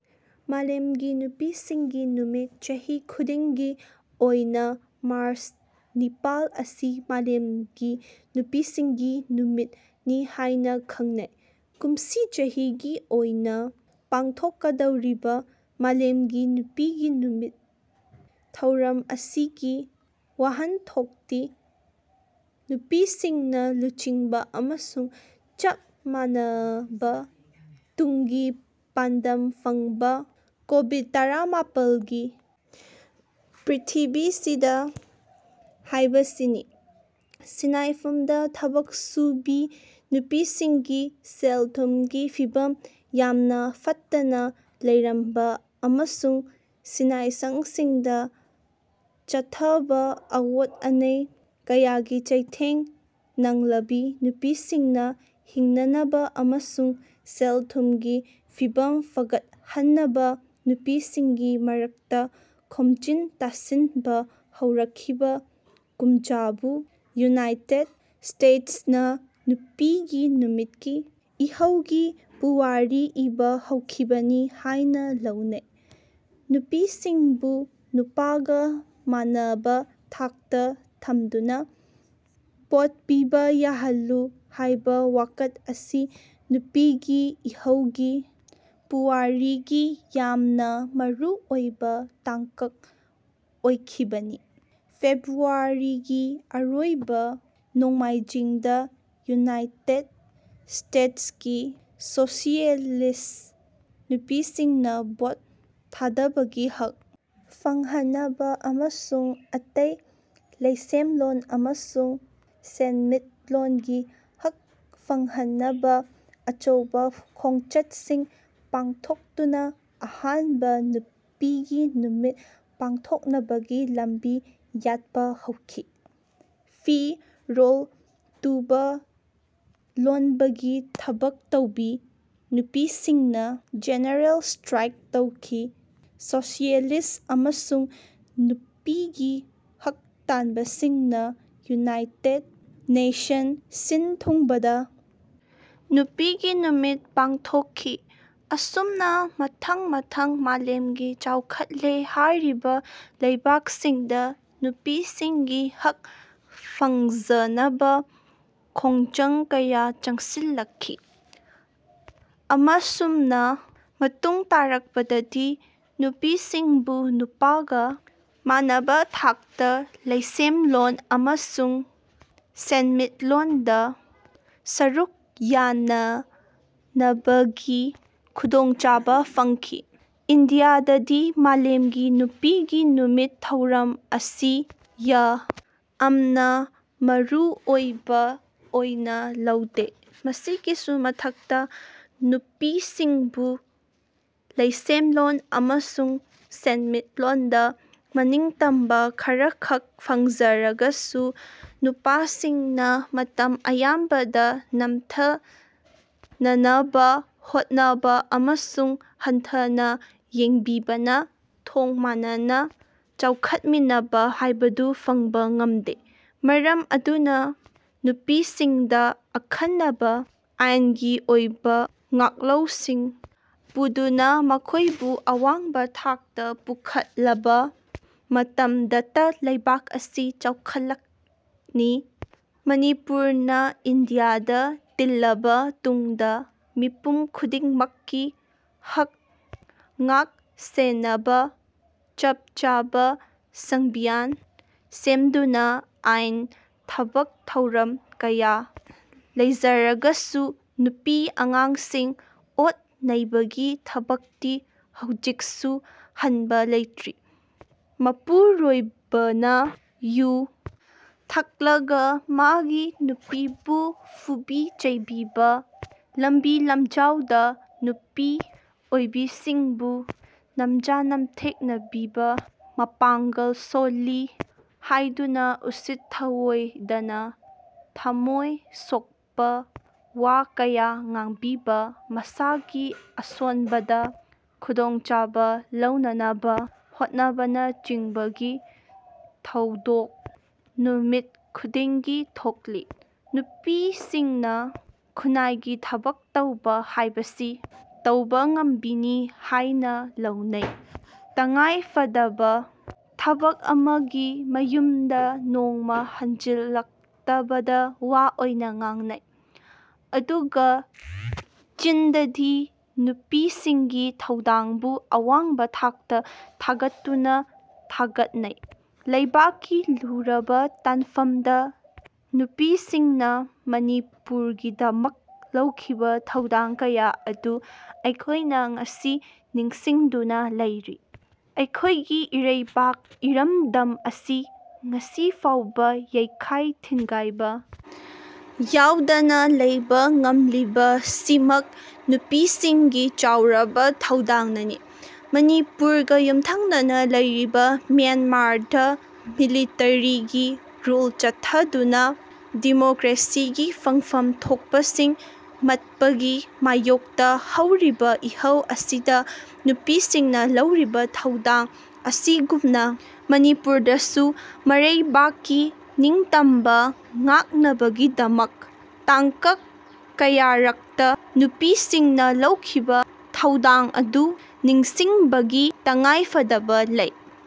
ꯃꯥꯂꯦꯝꯒꯤ ꯅꯨꯄꯤꯁꯤꯡꯒꯤ ꯅꯨꯃꯤꯠ ꯆꯍꯤ ꯈꯨꯗꯤꯡꯒꯤ ꯑꯣꯏꯅ ꯃꯥꯔꯆ ꯅꯤꯄꯥꯜ ꯑꯁꯤ ꯃꯥꯂꯦꯝꯒꯤ ꯅꯨꯄꯤꯁꯤꯡꯒꯤ ꯅꯨꯃꯤꯠ ꯅꯤ ꯍꯥꯏꯅ ꯈꯪꯅꯩ꯫ꯀꯨꯝꯁꯤ ꯆꯍꯤꯒꯤ ꯑꯣꯏꯅ ꯄꯥꯡꯊꯣꯛꯀꯗꯧꯔꯤꯕ ꯃꯥꯂꯦꯝꯒꯤ ꯅꯨꯄꯤꯒꯤ ꯅꯨꯃꯤꯠ ꯊꯧꯔꯝ ꯑꯁꯤꯒꯤ ꯋꯥꯍꯟꯊꯣꯛꯇꯤ ꯅꯨꯄꯤꯁꯤꯡꯅ ꯂꯨꯆꯤꯡꯕ ꯑꯃꯁꯨꯡ ꯆꯞ ꯃꯥꯟꯅꯕ ꯇꯨꯡꯒꯤ ꯄꯥꯟꯗꯝ ꯐꯪꯕ ꯀꯣꯚꯤꯗ-ꯇꯔꯥꯃꯥꯄꯜꯒꯤ ꯄ꯭ꯔꯤꯊꯤꯕꯤꯁꯤꯗ ꯍꯥꯏꯕꯁꯤꯅꯤ꯫ꯁꯤꯅꯥꯏꯐꯝꯗ ꯊꯕꯛ ꯁꯨꯕꯤ ꯅꯨꯄꯤꯁꯤꯡꯒꯤ ꯁꯦꯜ-ꯊꯨꯝꯒꯤ ꯐꯤꯚꯝ ꯌꯥꯝꯅ ꯐꯠꯇꯅ ꯂꯩꯔꯝꯕ ꯑꯃꯁꯨꯡ ꯁꯤꯟꯅꯥꯏꯁꯪꯁꯤꯡꯗ ꯆꯠꯊꯕ ꯑꯑꯣꯠ ꯑꯅꯩ ꯀꯌꯥꯒꯤ ꯆꯩꯊꯦꯡ ꯅꯪꯂꯕꯤ ꯅꯨꯄꯤꯁꯤꯡꯅ ꯍꯤꯡꯅꯅꯕ ꯑꯃꯁꯨꯡ ꯁꯦꯜ-ꯊꯨꯝꯒꯤ ꯐꯤꯚꯝ ꯐꯒꯠꯍꯟꯅꯕ ꯅꯨꯄꯤꯁꯤꯡꯒꯤ ꯃꯔꯛꯇ ꯈꯣꯝꯖꯤꯟ-ꯇꯥꯁꯤꯟꯕ ꯍꯧꯔꯛꯈꯤꯕ ꯀꯨꯝꯖꯥꯕꯨ ꯌꯨꯅꯥꯏꯇꯦꯗ ꯁ꯭ꯇꯦꯠꯁꯅ ꯅꯨꯄꯤꯒꯤ ꯅꯨꯃꯤꯠꯀꯤ ꯏꯍꯧꯒꯤ ꯄꯨꯋꯥꯔꯤ ꯏꯕ ꯍꯧꯈꯤꯕꯅꯤ ꯍꯥꯏꯅ ꯂꯧꯅꯩ꯫ꯅꯨꯄꯤꯁꯤꯡꯕꯨ ꯅꯨꯄꯥꯒ ꯃꯥꯟꯅꯕ ꯊꯥꯛꯇ ꯊꯝꯗꯨꯅ ꯚꯣꯠ ꯄꯤꯕ ꯌꯥꯍꯜꯂꯨ ꯍꯥꯏꯕ ꯋꯥꯀꯠ ꯑꯁꯤ ꯅꯨꯄꯤꯒꯤ ꯏꯍꯧꯒꯤ ꯄꯨꯋꯥꯔꯤꯒꯤ ꯌꯥꯝꯅ ꯃꯔꯨ ꯑꯣꯏꯕ ꯇꯥꯡꯀꯛ ꯑꯣꯏꯈꯤꯕꯅꯤ꯫ꯐꯦꯕ꯭ꯔꯨꯋꯥꯔꯤꯒꯤ ꯑꯔꯣꯏꯕ ꯅꯣꯡꯃꯥꯏꯖꯤꯡꯗ ꯌꯨꯅꯥꯏꯇꯦꯗ ꯁ꯭ꯇꯦꯠꯁꯀꯤ ꯁꯣꯁꯤꯌꯦꯂꯤꯁꯠ ꯅꯨꯄꯤꯁꯤꯡꯅ ꯚꯣꯠ ꯊꯥꯗꯕꯒꯤ ꯍꯛ ꯐꯪꯍꯟꯅꯕ ꯑꯃꯁꯨꯡ ꯑꯇꯩ ꯂꯩꯁꯦꯝꯂꯣꯟ ꯑꯃꯁꯨꯡ ꯁꯦꯟꯃꯤꯠꯂꯣꯟꯒꯤ ꯍꯛ ꯐꯪꯍꯟꯅꯕ ꯑꯆꯧꯕ ꯈꯣꯡꯆꯠꯁꯤꯡ ꯄꯥꯡꯊꯣꯛꯇꯨꯅ ꯑꯍꯥꯟꯕ ꯅꯨꯄꯤꯒꯤ ꯅꯨꯃꯤꯠ ꯄꯥꯡꯊꯣꯛꯅꯕꯒꯤ ꯂꯝꯕꯤ ꯌꯥꯠꯄ ꯍꯧꯈꯤ꯫ꯐꯤ-ꯔꯣꯜ ꯇꯨꯕ, ꯂꯣꯟꯕꯒꯤ ꯊꯕꯛ ꯇꯧꯕꯤ ꯅꯨꯄꯤꯁꯤꯡꯅ ꯖꯦꯅꯔꯦꯜ ꯁ꯭ꯇꯔꯥꯏꯛ ꯇꯧꯈꯤ꯫ꯁꯣꯁꯤꯌꯦꯂꯤꯁꯠ ꯑꯃꯁꯨꯡ ꯅꯨꯄꯤꯒꯤ ꯍꯛ ꯇꯥꯟꯕꯁꯤꯡꯅ ꯌꯨꯅꯤꯏꯇꯦꯠ ꯅꯦꯁꯟ ꯁꯤꯟ-ꯊꯨꯡꯕꯗ ꯅꯨꯄꯤꯒꯤ ꯅꯨꯃꯤꯠ ꯄꯥꯡꯊꯣꯛꯈꯤ꯫ꯑꯁꯨꯝꯅ ꯃꯊꯪ-ꯃꯊꯪ ꯃꯥꯂꯦꯝꯒꯤ ꯆꯥꯎꯈꯠꯂꯦ ꯍꯥꯏꯔꯤꯕ ꯂꯩꯕꯥꯛꯁꯤꯡꯗ ꯅꯨꯄꯤꯁꯤꯡꯒꯤ ꯍꯛ ꯐꯪꯖꯅꯕ ꯈꯣꯡꯖꯪ ꯀꯌꯥ ꯆꯪꯁꯤꯜꯂꯛꯈꯤ꯫ꯑꯃꯁꯨꯝꯅ ꯃꯇꯨꯡ ꯇꯥꯔꯛꯄꯗꯗꯤ ꯅꯨꯄꯤꯁꯤꯡꯕꯨ ꯅꯨꯄꯥꯒꯥ ꯃꯥꯟꯅꯕ ꯊꯥꯛꯇ ꯂꯩꯁꯦꯝꯂꯣꯟ ꯑꯃꯁꯨꯡ ꯁꯦꯟꯃꯤꯠꯂꯣꯟꯗ ꯁꯔꯨꯛ ꯌꯥꯅꯅꯕꯒꯤ ꯈꯨꯗꯣꯡꯆꯥꯕ ꯐꯪꯈꯤ꯫ꯏꯟꯗꯤꯌꯥꯗꯗꯤ ꯃꯥꯂꯦꯝꯒꯤ ꯅꯨꯄꯤꯒꯤ ꯅꯨꯃꯤꯠ ꯊꯧꯔꯝ ꯑꯁꯤ ꯌ ꯑꯥꯝꯅ ꯃꯔꯨ ꯑꯣꯏꯕ ꯑꯣꯏꯅ ꯂꯧꯗꯦ꯫ꯃꯁꯤꯒꯤꯁꯨ ꯃꯊꯛꯇ ꯅꯨꯄꯤꯁꯤꯡꯕꯨ ꯂꯩꯁꯦꯝꯂꯣꯟ ꯑꯃꯁꯨꯡ ꯁꯦꯟꯃꯤꯠꯂꯣꯟꯗ ꯃꯅꯤꯡꯇꯝꯕ ꯈꯔꯈꯛ ꯐꯪꯖꯔꯒꯁꯨ ꯅꯨꯄꯥꯁꯤꯡꯅ ꯃꯇꯝ ꯑꯌꯥꯝꯕꯗ ꯅꯝꯊꯅꯅꯕ ꯍꯣꯠꯅꯕ ꯑꯃꯁꯨꯡ ꯍꯟꯊꯅ ꯌꯦꯡꯕꯤꯕꯅ ꯊꯣꯡ ꯃꯥꯟꯅꯅ ꯆꯥꯎꯈꯠꯃꯤꯟꯅꯕ ꯍꯥꯏꯕꯗꯨ ꯐꯪꯕ ꯉꯝꯗꯦ꯫ꯃꯔꯝ ꯑꯗꯨꯅ ꯅꯨꯄꯤꯁꯤꯡꯗ ꯑꯈꯟꯅꯕ ꯑꯥꯏꯟꯒꯤ ꯑꯣꯏꯕ ꯉꯥꯛꯂꯧꯁꯤꯡ ꯄꯨꯗꯨꯅ ꯃꯈꯣꯏꯕꯨ ꯑꯋꯥꯡꯕ ꯊꯥꯛꯇ ꯄꯨꯈꯠꯂꯕ ꯃꯇꯝꯗꯇ ꯂꯩꯕꯥꯛ ꯑꯁꯤ ꯆꯥꯎꯈꯠꯂꯛꯅꯤ꯫ꯃꯅꯤꯄꯨꯔꯅ ꯏꯟꯗꯤꯌꯥꯗ ꯇꯤꯜꯂꯕ ꯇꯨꯡꯗ ꯃꯤꯄꯨꯝ ꯈꯨꯗꯤꯡꯃꯛꯀꯤ ꯍꯛ ꯉꯥꯛ-ꯁꯦꯟꯅꯕ ꯆꯞ ꯆꯥꯕ ꯁꯪꯕꯤꯚꯥꯟ ꯁꯦꯝꯗꯨꯅ ꯑꯥꯏꯟ ꯊꯕꯛ ꯊꯧꯔꯝ ꯀꯌꯥ ꯂꯩꯖꯔꯒꯁꯨ ꯅꯨꯄꯤ-ꯑꯉꯥꯡꯁꯤꯡ ꯑꯣꯠ ꯅꯩꯕꯒꯤ ꯊꯕꯛꯇꯤ ꯍꯧꯖꯤꯛꯁꯨ ꯍꯟꯕ ꯂꯩꯇ꯭ꯔꯤ꯫ꯃꯄꯨꯔꯣꯏꯕꯅ ꯌꯨ ꯊꯛꯂꯒ ꯃꯥꯒꯤ ꯅꯨꯄꯤꯕꯨ ꯐꯨꯕꯤ-ꯆꯩꯕꯤꯕ, ꯂꯝꯕꯤ-ꯂꯝꯖꯥꯎꯗ ꯅꯨꯄꯤ ꯑꯣꯏꯕꯤꯁꯤꯡꯕꯨ ꯅꯝꯖꯥ-ꯅꯝꯊꯦꯛꯅꯕꯤꯕ, ꯃꯄꯥꯡꯒꯜ ꯁꯣꯜꯂꯤ ꯍꯥꯏꯗꯨꯅ ꯎꯁꯤꯠ-ꯊꯑꯣꯏꯗꯅ ꯊꯝꯃꯣꯏ ꯁꯣꯛꯄ ꯋꯥ ꯀꯌꯥ ꯉꯥꯡꯕꯤꯕ, ꯃꯁꯥꯒꯤ ꯑꯁꯣꯟꯕꯗ ꯈꯨꯗꯣꯡꯆꯥꯕ ꯂꯧꯅꯅꯕ ꯍꯣꯠꯅꯕꯅꯆꯤꯡꯕꯒꯤ ꯊꯧꯗꯣꯛ ꯅꯨꯃꯤꯠ ꯈꯨꯗꯤꯡꯒꯤ ꯊꯣꯛꯂꯤ꯫ꯅꯨꯄꯤꯁꯤꯡꯅ ꯈꯨꯟꯅꯥꯏꯒꯤ ꯊꯕꯛ ꯇꯧꯕ ꯍꯥꯏꯕꯁꯤ ꯇꯧꯕꯉꯝꯕꯤꯅꯤ ꯍꯥꯏꯅ ꯂꯧꯅꯩ꯫ꯇꯉꯥꯏꯐꯗꯕ ꯊꯕꯛ ꯑꯃꯒꯤ ꯃꯌꯨꯝꯗ ꯅꯣꯡꯃꯥ ꯍꯟꯖꯤꯜꯂꯛꯇꯕꯗ ꯋꯥ ꯑꯣꯏꯅ ꯉꯥꯡꯅꯩ꯫ꯑꯗꯨꯒ ꯆꯤꯟꯗꯗꯤ ꯅꯨꯄꯤꯁꯤꯡꯒꯤ ꯊꯧꯗꯥꯡꯕꯨ ꯑꯋꯥꯡꯕ ꯊꯥꯛꯇ ꯊꯥꯡꯒꯠꯇꯨꯅ ꯊꯥꯒꯠꯅꯩ꯫ꯂꯩꯕꯥꯛꯀꯤ ꯂꯨꯔꯕ ꯇꯥꯟꯐꯝꯗ ꯅꯨꯄꯤꯁꯤꯡꯅ ꯃꯅꯤꯄꯨꯔꯒꯤꯗꯃꯛ ꯂꯧꯈꯤꯕ ꯊꯧꯗꯥꯡ ꯀꯌꯥ ꯑꯗꯨ ꯑꯩꯈꯣꯏꯅ ꯉꯁꯤ ꯅꯤꯡꯁꯤꯡꯗꯨꯅ ꯂꯩꯔꯤ꯫ꯑꯩꯈꯣꯏꯒꯤ ꯏꯔꯩꯕꯥꯛ ꯏꯔꯝꯗꯝ ꯑꯁꯤ ꯉꯁꯤ ꯐꯥꯎꯕ ꯌꯩꯈꯥꯏ-ꯊꯤꯟꯒꯥꯏꯕ ꯌꯥꯎꯗꯅ ꯂꯩꯕ ꯉꯝꯂꯤꯕꯁꯤꯃꯛ ꯅꯨꯄꯤꯁꯤꯡꯒꯤ ꯆꯥꯎꯔꯕ ꯊꯧꯗꯥꯡꯅꯅꯤ꯫ꯃꯅꯤꯄꯨꯔꯒ ꯌꯨꯝꯊꯪꯅꯅ ꯂꯩꯔꯤꯕ ꯃ꯭ꯌꯥꯟꯃꯥꯔꯗ ꯃꯤꯂꯤꯇꯔꯤꯒꯤ ꯔꯨꯜ ꯆꯠꯊꯗꯨꯅ ꯗꯤꯃꯣꯀ꯭ꯔꯦꯁꯤꯒꯤ ꯐꯪꯐꯝ ꯊꯣꯛꯄꯁꯤꯡ ꯃꯠꯄꯒꯤ ꯃꯥꯌꯣꯛꯇ ꯍꯧꯔꯤꯕ ꯏꯍꯧ ꯑꯁꯤꯗ ꯅꯨꯄꯤꯁꯤꯡꯅ ꯂꯧꯔꯤꯕ ꯊꯧꯗꯥꯡ ꯑꯁꯤꯒꯨꯝꯅ ꯃꯅꯤꯄꯨꯔꯗꯁꯨꯃꯔꯩꯕꯥꯛꯀꯤ ꯅꯤꯡꯇꯝꯕ ꯉꯥꯛꯅꯕꯒꯤꯗꯃꯛ ꯇꯥꯡꯀꯛ ꯀꯌꯥꯔꯛꯇ ꯅꯨꯄꯤꯁꯤꯡꯅ ꯂꯧꯈꯤꯕ ꯊꯧꯗꯥꯡ ꯑꯗꯨ ꯅꯤꯡꯁꯤꯡꯕꯒꯤ ꯇꯉꯥꯏꯐꯗꯕ ꯂꯩ꯫